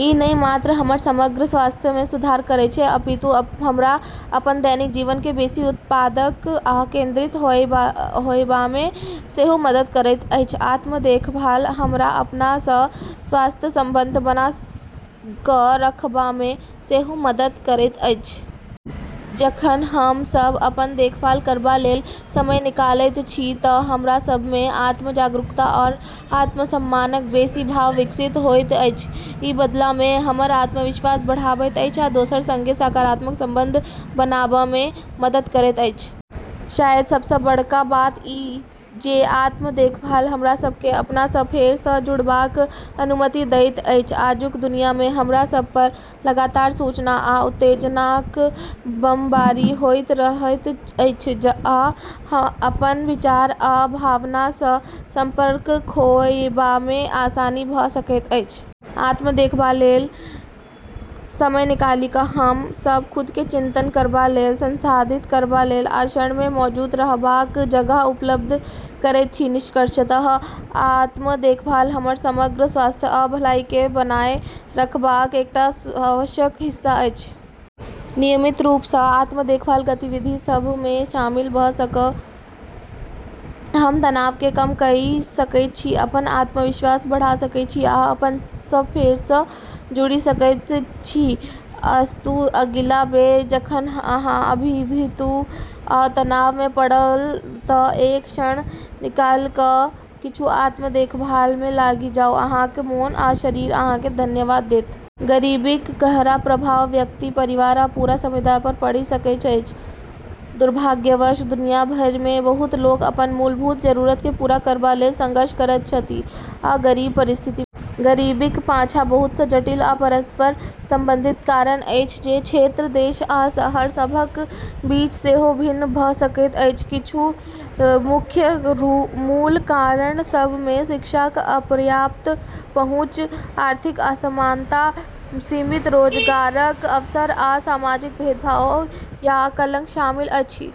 ई नहि मात्र हमर समग्र स्वास्थ्य मे सुधार करैत अछि, अपितु हमरा अपन दैनिक जीवन मे बेसी उत्पादक आ केंद्रित होएबामे सेहो मदद करैत अछि। आत्म-देखभाल हमरा अपना सँ स्वस्थ संबंध बना कऽ रखबामे सेहो मदद करैत अछि। जखन हम सभ अपन देखभाल करबा लेल समय निकालैत छी तँ हमरा सभ मे आत्म-जागरूकता आ आत्मसम्मानक बेसी भाव विकसित होइत अछि। ई बदला मे हमर आत्मविश्वास बढ़ाबैत अछि आ दोसरा केँ संगे सकारात्मक संबंध बनाबामे मदद करैत अछि। शायद सबसँ बड़का बात ई जे आत्म-देखभाल हमरा सभ केँ अपना सँ फेर सँ जुड़बाक अनुमति दैत अछि। आजुक दुनिया मे हमरा सभ पर लगातार सूचना आ उत्तेजनाक बमबारी होइत रहैत अछि, आ अपन विचार आ भावना सँ संपर्क खोएबामे आसानी भऽ सकैत अछि। आत्म-देखभाल लेल समय निकालि कऽ हम सब खुद केँ चिंतन करबा लेल, संसाधित करबा लेल आ क्षण मे मौजूद रहबाक जगह उपलब्ध करबैत छी। निष्कर्षतः, आत्म-देखभाल हमर समग्र स्वास्थ्य आ भलाइ केँ बनाए रखबाक एकटा आवश्यक हिस्सा अछि। नियमित रूप सँ आत्म-देखभाल गतिविधि सभ मे शामिल भऽ कऽ हम तनाव केँ कम कइ सकैत छी, अपन आत्मविश्वास बढ़ा सकैत छी आ अपना सँ फेर सँ जुड़ि सकैत छी। अस्तु अगिला बेर जखन अहाँ अभिभूत वा तनाव मे पड़ब तँ एक क्षण निकालि कऽ किछु आत्म-देखभाल मे लागि जाउ - अहाँक मोन आ शरीर अहाँ केँ धन्यवाद देत। गरीबीक गहरा प्रभाव व्यक्ति, परिवार आ पूरा समुदाय पर पड़ि सकैत अछि। दुर्भाग्यवश दुनिया भरि मे बहुत लोक अपन मूलभूत जरूरत केँ पूरा करबा लेल संघर्ष करैत छथि आ गरीब परिस्थिति मे जीबैत छथि। गरीबीक पाछाँ बहुत सँ जटिल आ परस्पर संबंधित कारण अछि जे क्षेत्र, देश, आ शहर सभक बीच सेहो भिन्न भऽ सकैत अछि। किछु मुख्य मूल कारण सभ मे शिक्षाक अपर्याप्त पहुँच, आर्थिक असमानता, सीमित रोजगारक अवसर, आ सामाजिक भेदभाव या कलंक शामिल अछि।